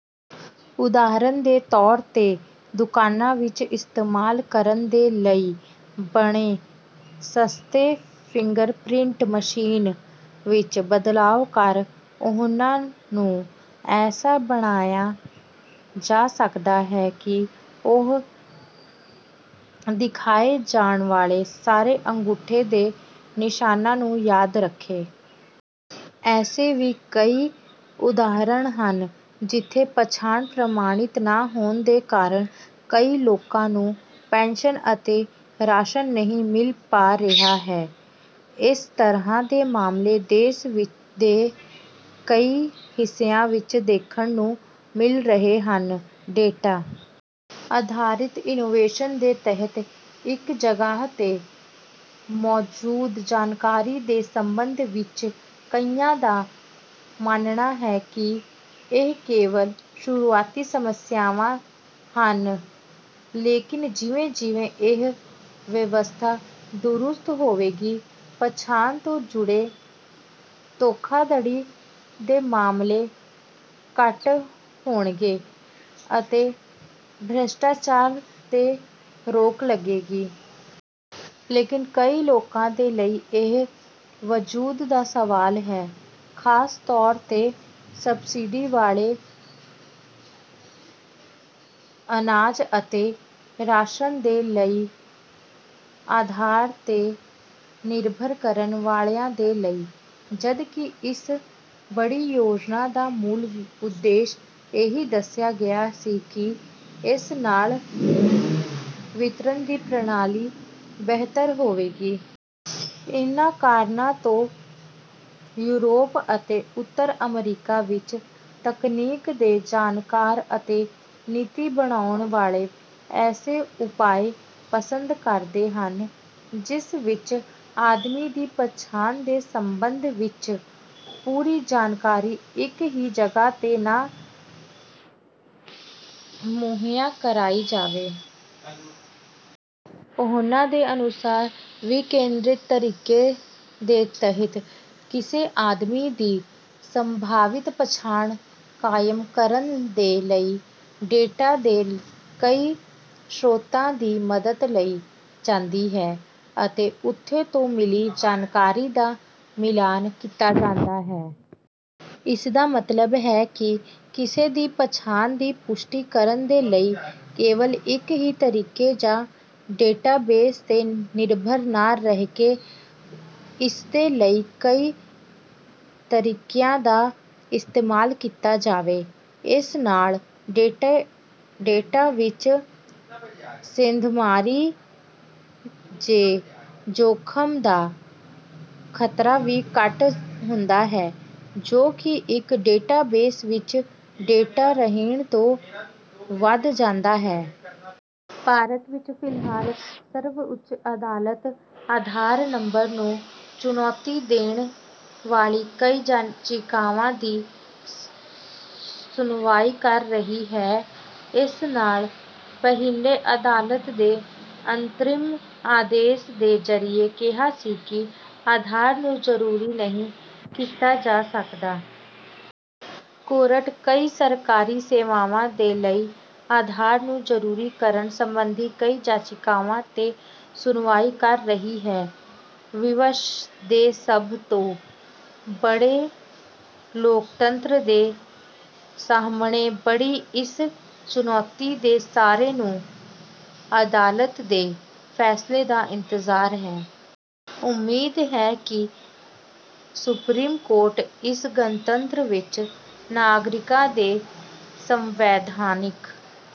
ਉਦਾਹਰਣ ਦੇ ਤੌਰ ਤੇ ਦੁਕਾਨਾਂ ਵਿੱਚ ਇਸਤੇਮਾਲ ਕਰਨ ਦੇ ਲਈ ਬਣੇ ਸਸਤੇ ਫਿੰਗਰਪ੍ਰਿੰਟ ਮਸ਼ੀਨ ਵਿੱਚ ਬਦਲਾਵ ਕਰ ਉਸਨੂੰ ਐਸਾ ਬਣਾਇਆ ਜਾ ਸਕਦਾ ਹੈ ਕਿ ਉਹ ਦਿਖਾਏ ਜਾਣ ਵਾਲੇ ਸਾਰੇ ਅੰਗੂਠੇ ਦੇ ਨਿਸ਼ਾਨਾਂ ਨੂੰ ਯਾਦ ਰੱਖੇ। ਐਸੇ ਵੀ ਕਈ ਉਦਾਹਰਣ ਹਨ ਜਿੱਥੇ ਪਛਾਣ ਪ੍ਰਮਾਣਿਤ ਨਾ ਹੋਣ ਦੇ ਕਾਰਣ ਕਈ ਲੋਕਾਂ ਨੂੰ ਪੈਨਸ਼ਨ ਅਤੇ ਰਾਸ਼ਨ ਨਹੀ ਮਿਲ ਪਾ ਰਿਹਾ ਹੈ। ਇਸ ਤਰਾਂ ਦੇ ਮਾਮਲੇ ਦੇਸ ਦੇ ਕਈ ਹਿੱਸਿਆਂ ਵਿੱਚ ਦੇਖਣ ਨੂੰ ਮਿਲ ਰਹੇ ਹਨ। ਡੇਟਾ ਆਧਾਰਿਤ ਇਨੋਵੇਸ਼ਨ ਦੇ ਤਹਿਤ ਇੱਕ ਜਗਾਹ ਤੇ ਮੌਜੂਦ ਜਾਣਕਾਰੀ ਦੇ ਸੰਬੰਧ ਵਿੱਚ ਕਈਆਂ ਦਾ ਮੰਨਣਾ ਹੈ ਕਿ ਇਹ ਕੇਵਲ ਸ਼ੁਰੁਆਤੀ ਸਮੱਸਿਆਵਾਂ ਹਨ, ਲੇਕਿਨ ਜਿਵੇਂ ਜਿਵੇਂ ਇਹ ਵਿਵਸਥਾ ਦਰੁਸਤ ਹੋਵੇਗੀ ਪਛਾਣ ਤੋਂ ਜੁੜੇ ਧੋਖਾਧੜੀ ਦੇ ਮਾਮਲੇ ਘੱਟ ਹੋਣਗੇ ਅਤੇ ਭ੍ਰਿਸ਼ਟਾਚਾਰ ਤੇ ਰੋਕ ਲੱਗੇਗੀ। ਲੇਕਿਨ ਕਈ ਲੋਕਾਂ ਦੇ ਲਈ ਇਹ ਵਜੂਦ ਦਾ ਸਵਾਲ ਹੈ, ਖ਼ਾਸ ਤੌਰ ਤੇ ਸਬਸਿਡੀ ਵਾਲੇ ਅਨਾਜ ਅਤੇ ਰਾਸ਼ਨ ਦੇ ਲਈ ਆਧਾਰ ਤੇ ਨਿਰਭਰ ਕਰਨ ਵਾਲਿਆਂ ਦੇ ਲਈ। ਜਦ ਕਿ ਇਸ ਬੜੀ ਯੋਜਨਾ ਦਾ ਮੂਲ ਉਦੇਸ਼ ਇਹੀ ਦਸਿਆ ਗਿਆ ਸੀ ਕਿ ਇਸ ਨਾਲ ਵਿਤਰਣ ਦੀ ਪ੍ਰਣਾਲੀ ਬਿਹਤਰ ਹੋਵੇਗੀ। ਇਨ੍ਹਾਂ ਕਾਰਣਾਂ ਤੋਂ ਯੂਰੋਪ ਅਤੇ ਉੱਤਰ-ਅਮਰੀਕਾ ਵਿੱਚ ਤਕਨੀਕ ਦੇ ਜਾਣਕਾਰ ਅਤੇ ਨੀਤੀ ਬਣਾਉਣ ਵਾਲੇ ਐਸੇ ਉਪਾਅ ਪਸੰਦ ਕਰਦੇ ਹਨ ਜਿਸ ਵਿਚ ਆਦਮੀ ਦੀ ਪਛਾਣ ਦੇ ਸੰਬੰਧ ਵਿੱਚ ਪੂਰੀ ਜਾਣਕਾਰੀ ਇੱਕ ਹੀ ਜਗਾਹ ਤੇ ਨਾ ਮੁਹਈਆ ਕਰਾਈ ਜਾਵੇ। ਉਹਨਾਂ ਦੇ ਅਨੁਸਾਰ ਵਿਕੇਨਦ੍ਰੀਕਰਿਤ ਤਰੀਕੇ ਦੇ ਤਹਿਤ ਕਿਸੇ ਆਦਮੀ ਦੀ ਸੰਭਾਵਿਤ ਪਛਾਣ ਕਾਇਮ ਕਰਨ ਦੇ ਲਈ ਡੈਟਾ ਦੇ ਕਈ ਸ੍ਰੋਤਾਂ ਦੀ ਮੱਦਦ ਲਈ ਜਾਂਦੀ ਹੈ ਅਤੇ ਉਥੇ ਤੋਂ ਮਿਲੀ ਜਾਣਕਾਰੀ ਦਾ ਮਿਲਾਨ ਕੀਤਾ ਜਾਂਦਾ ਹੈ। ਇਸਦਾ ਮਤਲਬ ਇਹ ਹੈ ਕਿ ਕਿਸੇ ਦੀ ਪਛਾਣ ਦੀ ਪੁਸ਼ਟੀ ਕਰਨ ਦੇ ਲਈ ਕੇਵਲ ਇੱਕ ਹੀ ਤਰੀਕੇ ਜਾਂ ਡੈਟਾਬੇਸ ਤੇ ਨਿਰਭਰ ਨਾਂ ਰਹਿਕੇ ਇਸਦੇ ਲਈ ਕਈ ਤਰੀਕਿਆਂ ਦਾ ਇਸਤੇਮਾਲ ਕੀਤਾ ਜਾਵੇ। ਇਸ ਨਾਲ ਡੇਟਾ ਵਿੱਚ ਸੇਂਧਮਾਰੀ ਦੇ ਜੋਖਮ ਦਾ ਖ਼ਤਰਾ ਵੀ ਘੱਟ ਹੁੰਦਾ ਹੈ ਜੋ ਕਿ ਇੱਕ ਡੈਟਾਬੇਸ ਵਿੱਚ ਡੇਟਾ ਰਹਿਣ ਤੋਂ ਵਧ ਜਾਂਦਾ ਹੈ। ਭਾਰਤ ਵਿੱਚ ਫਿਲਹਾਲ ਸਰਵਉੱਚ ਅਦਾਲਤ, ਆਧਾਰ ਨੰਬਰ ਨੂੰ ਚੁਣੌਤੀ ਦੇਣ ਵਾਲੀ ਕਈ ਜਾਚਿਕਾਵਾਂ ਦੀ ਸੁਣਵਾਈ ਕਰ ਰਹੀ ਹੈ। ਇਸ ਨਾਲ ਪਹਿਲੇ ਅਦਾਲਤ ਨੇ ਅੰਤਰਿਮ ਆਦੇਸ਼ ਦੇ ਜ਼ਰੀਏ ਕਿਹਾ ਸੀ ਕਿ ਆਧਾਰ ਨੂੰ ਜਰੂਰੀ ਨਹੀ ਕੀਤਾ ਜਾ ਸਕਦਾ। ਕੋਰਟ ਕਈ ਸਰਕਾਰੀ ਸੇਵਾਵਾਂ ਦੇ ਲਈ ਆਧਾਰ ਨੂੰ ਜਰੂਰੀ ਕਰਨ ਸੰਬੰਧੀ ਕਈ ਜਾਚਿਕਾਵਾਂ ਤੇ ਸੁਣਵਾਈ ਕਰ ਰਹੀ ਹੈ। ਵਿਸ਼ਵ ਦੇ ਸਭ ਤੋਂ ਬੜੇ ਲੋਕਤੰਤਰ ਦੇ ਸਾਹਮਣੇ ਖੜੀ ਇਸ ਚੁਣੌਤੀ ਤੇ ਸਾਰੇ ਨੂੰ ਅਦਾਲਤ ਦੇ ਫ਼ੈਸਲੇ ਦਾ ਇੰਤਜ਼ਾਰ ਹੈ। ਉਮੀਦ ਹੈ ਕਿ ਸੁਪਰੀਮ ਕੋਰਟ ਇਸ ਗਣਤੰਤਰ ਵਿੱਚ ਨਾਗਰਿਕਾਂ ਦੇ ਸੰਵੈਧਾਨਿਕ